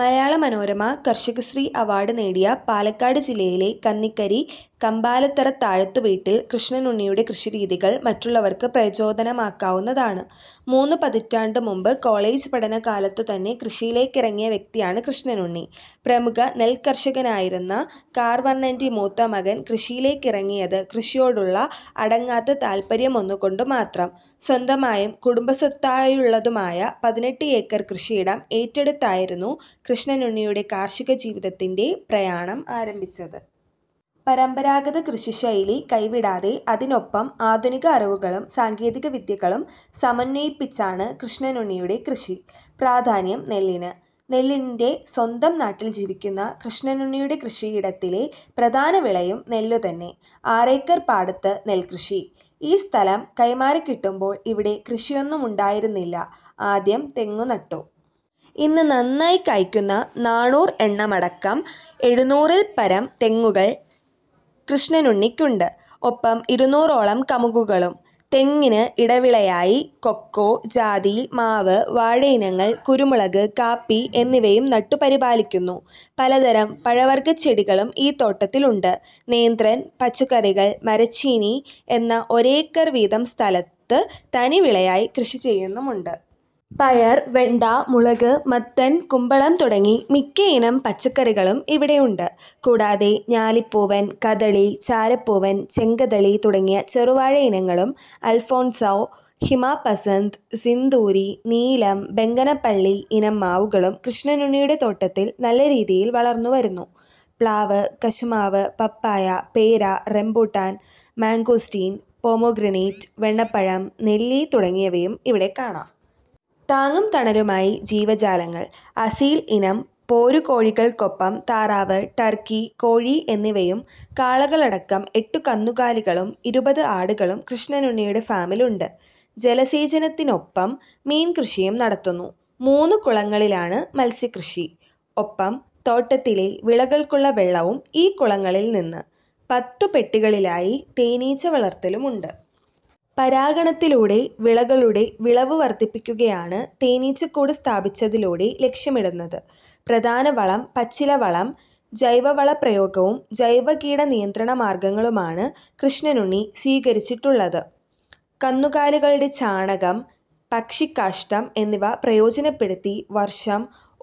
മലയാള Manorama Karshakasree award നേടിയ പാലക്കാട് ജില്ലയിലെ കന്നിക്കരി കമ്പാലത്തറ താഴത്തുവീട്ടിൽ കൃഷ്ണനുണ്ണിയുടെ കൃഷിരീതികൾ മറ്റുള്ളവർക്ക് പ്രചോദനമാക്കാവുന്നതാണ്. മൂന്നു പതിറ്റാണ്ടു മുമ്പ് കോളജ് പഠനകാലത്തുതന്നെ കൃഷിയിലേക്കിറങ്ങിയ വ്യക്തിയാണ് കൃഷ്ണനുണ്ണി. പ്രമുഖ നെൽക്കർഷകനായിരുന്ന കാർവർണന്റെ മൂത്ത മകൻ കൃഷിയിലേക്കിറങ്ങിയത് കൃഷിയിയോടുള്ള അടങ്ങാത്ത താൽപര്യമൊന്നുകൊണ്ടു മാത്രം. സ്വന്തമായും കുടുംബസ്വത്തായുള്ളതുമായ പതിനെട്ട് ഏക്കർ കൃഷിയിടം ഏറ്റെടുത്തായിരുന്നു കൃഷ്ണനുണ്ണിയുടെ കാർഷിക ജീവിതത്തിന്റെ പ്രയാണം ആരംഭിച്ചത്. പരമ്പരാഗത കൃഷിശൈലി കൈവിടാതെ അതിനൊപ്പം ആധുനിക അറിവുകളും സാങ്കേതികവിദ്യകളും സമന്വയിപ്പിച്ചാണ് കൃഷ്ണനുണ്ണിയുടെ കൃഷി. പ്രാധാന്യം നെല്ലിന്. നെല്ലിന്റെ സ്വന്തം നാട്ടിൽ ജീവിക്കുന്ന കൃഷ്ണനുണ്ണിയുടെ കൃഷിയിടത്തിലെ പ്രധാന വിളയും നെല്ലു തന്നെ. ആറേക്കർ പാടത്ത് നെൽകൃഷി. ഈ സ്ഥലം കൈമാറിക്കിട്ടുമ്പോൾ ഇവിടെ കൃഷിയൊന്നുമുണ്ടായിരുന്നില്ല. ആദ്യം തെങ്ങു നട്ടു. ഇന്ന് നന്നായി കായ്ക്കുന്ന നാണൂർ എണ്ണമടക്കം എഴുനൂറിൽപ്പരം തെങ്ങുങ്ങൾ കൃഷ്ണനുണ്ണിക്കുണ്ട്. ഒപ്പം ഇരുന്നൂറോളം കമുകുകളും. തെങ്ങിന് ഇടവിളയായി കൊക്കോ, ജാതി, മാവ്, വാഴയിനങ്ങൾ, കുരുമുളക്, കാപ്പി എന്നിവയും നട്ടു പരിപാലിക്കുന്നു. പലതരം പഴവർഗച്ചെടികളും ഈ തോട്ടത്തിലുണ്ട്. നേന്ത്രൻ, പച്ചക്കറികൾ, മരച്ചീനി എന്ന ഒരേക്കർ വീതം സ്ഥലത്തു തനിവിളയായി കൃഷി ചെയ്യുന്നുമുണ്ട്. പയർ, വെണ്ട, മുളക്, മത്തൻ, കുമ്പളം തുടങ്ങി മിക്ക ഇനം പച്ചക്കറികളും ഇവിടെയുണ്ട്. കൂടാതെ ഞാലിപ്പൂവൻ, കദളി, ചാരപ്പൂവൻ, ചെങ്കദളി തുടങ്ങിയ ചെറു വാഴയിനങ്ങളും അൽഫോൻസോ, ഹിമ പസന്ത്, സിന്ദൂരി, നീലം, ബംഗനപ്പള്ളി ഇനം മാവുകളും കൃഷ്ണനുണ്ണിയുടെ തോട്ടത്തിൽ നല്ല രീതിയിൽ വളർന്നുവരുന്നു. പ്ലാവ്, കശുമാവ്, പപ്പായ, പേര, റംബുട്ടാൻ, മാംഗോസ്റ്റിൻ, പൊമോഗ്രനേറ്റ്, വെണ്ണപ്പഴം, നെല്ലി തുടങ്ങിയവയും ഇവിടെ കാണാം. താങ്ങും തണലുമായി ജീവജാലങ്ങൾ അസീൽ ഇനം പോരുകോഴികൾക്കൊപ്പം താറാവ്, ടർക്കി, കോഴി എന്നിവയും കാളകളടക്കം എട്ടു കന്നുകാലികളും ഇരുപത് ആടുകളും കൃഷ്ണനുണ്ണിയുടെ ഫാമിലുണ്ട്. ജലസേചനത്തിനൊപ്പം മീൻകൃഷിയും നടത്തുന്നു. മൂന്നു കുളങ്ങളിലാണ് മത്സ്യകൃഷി. ഒപ്പം തോട്ടത്തിലെ വിളകൾക്കുള്ള വെള്ളവും ഈ കുളങ്ങളിൽനിന്ന്. പത്തു പെട്ടികളിലായി തേനിച്ച വളർത്തലുമുണ്ട്. പരാഗണത്തിലൂടെ വിളകളുടെ വിളവ് വർധിപ്പിക്കുകയാണ് തേനീച്ചക്കൂട് സ്ഥാപിച്ചതിലൂടെ ലക്ഷ്യമിടുന്നത്. പ്രധാന വളം പച്ചിലവളം ജൈവവളപ്രയോഗവും ജൈവ കീടനിയന്ത്രണമാർഗങ്ങളുമാണ് കൃഷ്ണനുണ്ണി സ്വീകരിച്ചിട്ടുള്ളത്. കന്നുകാലികളുടെ ചാണകം, പക്ഷിക്കാഷ്ഠം എന്നിവ പ്രയോജനപ്പെടുത്തി വർഷം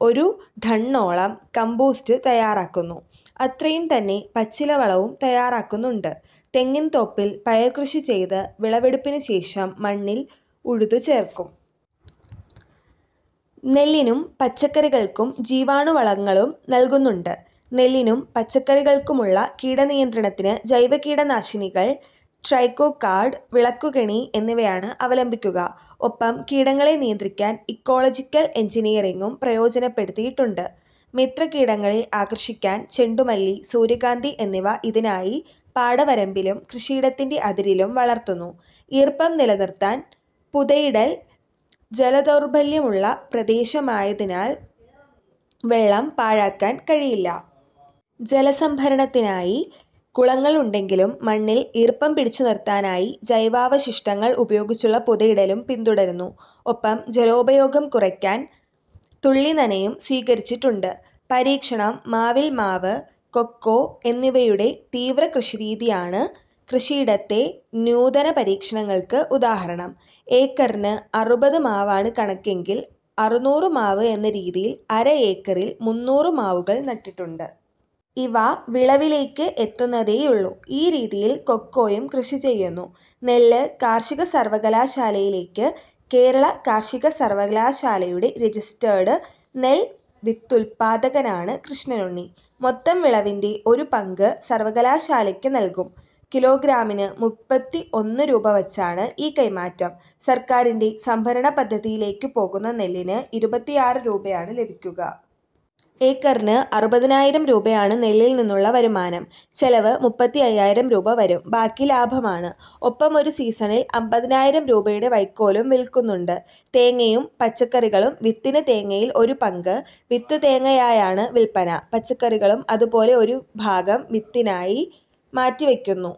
ഒരു ടണ്ണോളം കംപോസ്റ്റ് തയാറാക്കുന്നു. അത്രയുംതന്നെ പച്ചിലവളവും തയാറാക്കുന്നുണ്ട്. തെങ്ങിൻതോപ്പിൽ പയർ കൃഷി ചെയ്ത് വിളവെടുപ്പിനുശേഷം മണ്ണിൽ ഉഴുതു ചേർക്കും. നെല്ലിനും പച്ചക്കറികൾക്കും ജീവാണുവളങ്ങളും നൽകുന്നുണ്ട്. നെല്ലിനും പച്ചക്കറികൾക്കുമുള്ള കീടനിയന്ത്രണത്തിന് ജൈവകീടനാശിനികൾ, ട്രൈക്കോ കാർഡ്, വിളക്കുകെണി എന്നിവയാണ് അവലംബിക്കുക. ഒപ്പം കീടങ്ങളെ നിയന്ത്രിക്കാൻ ഇക്കോളജിക്കൽ എൻജിനിയറിങ്ങും പ്രയോജനപ്പെടുത്തിയിട്ടുണ്ട്. മിത്രകീടങ്ങളെ ആകർഷിക്കാൻ ചെണ്ടുമല്ലി, സൂര്യകാന്തി എന്നിവ ഇതിനായി പാടവരമ്പിലും കൃഷിയിടത്തിന്റെ അതിരിലും വളർത്തുന്നു. ഈർപ്പം നിലനിർത്താൻ പുതയിടൽ ജലദൗർബല്യമുള്ള പ്രദേശമായതിനാൽ വെള്ളം പാഴാക്കാൻ കഴിയില്ല. ജലസംഭരണത്തിനായി കുളങ്ങളുണ്ടെങ്കിലും മണ്ണിൽ ഈർപ്പം പിടിച്ചുനിർത്താനായി ജൈവാവശിഷ്ടങ്ങൾ ഉപയോഗിച്ചുള്ള പുതയിടലും പിന്തുടരുന്നു. ഒപ്പം ജലോപയോഗം കുറയ്ക്കാൻ തുള്ളിനനയും സ്വീകരിച്ചിട്ടുണ്ട്. പരീക്ഷണം മാവിൽ മാവ്, കൊക്കോ എന്നിവയുടെ തീവ്ര കൃഷിരീതിയാണ് കൃഷിയിടത്തെ നൂതന പരീക്ഷണങ്ങൾക്ക് ഉദാഹരണം. ഏക്കറിന് അറുപത് മാവാണ് കണക്കെങ്കിൽ അറുനൂറ് മാവ് എന്ന രീതിയിൽ അര ഏക്കറിൽ മുന്നൂറ് മാവുകൾ നട്ടിട്ടുണ്ട്. ഇവ വിളവിലേക്ക് എത്തുന്നതേയുള്ളൂ. ഈ രീതിയിൽ കൊക്കോയും കൃഷി ചെയ്യുന്നു. നെല്ല് കാർഷിക സർവകലാശാലയിലേക്ക് കേരള കാർഷിക സർവകലാശാലയുടെ റജിസ്ടേർഡ് നെൽവിത്തുൽപാദകനാണ് കൃഷ്ണനുണ്ണി. മൊത്തം വിളവിന്റെ ഒരു പങ്ക് സർവകലാശാലയ്ക്കു നൽകും. കിലോഗ്രാമിന് മുപ്പത്തിഒന്ന് രൂപ വച്ചാണ് ഈ കൈമാറ്റം. സർക്കാരിന്റെ സംഭരണപദ്ധതിയിലേക്കു പോകുന്ന നെല്ലിന് ഇരുപത്തിആറ് രൂപയാണ് ലഭിക്കുക. ഏക്കറിന് അറുപതിനായിരം രൂപയാണ് നെല്ലിൽനിന്നുള്ള വരുമാനം. ചെലവ് മുപ്പത്തിഅയ്യായിരം രൂപ വരും. ബാക്കി ലാഭമാണ്. ഒപ്പം ഒരു സീസണിൽ അമ്പതിനായിരം രൂപയുടെ വൈക്കോലും വിൽക്കുന്നുണ്ട്. തേങ്ങയും പച്ചക്കറികളും വിത്തിന് തേങ്ങയിൽ ഒരു പങ്ക് വിത്തുതേങ്ങയായാണ് വിൽപന. പച്ചക്കറികളും അതുപോലെ ഒരു ഭാഗം വിത്തിനായി മാറ്റിവയ്ക്കുന്നു.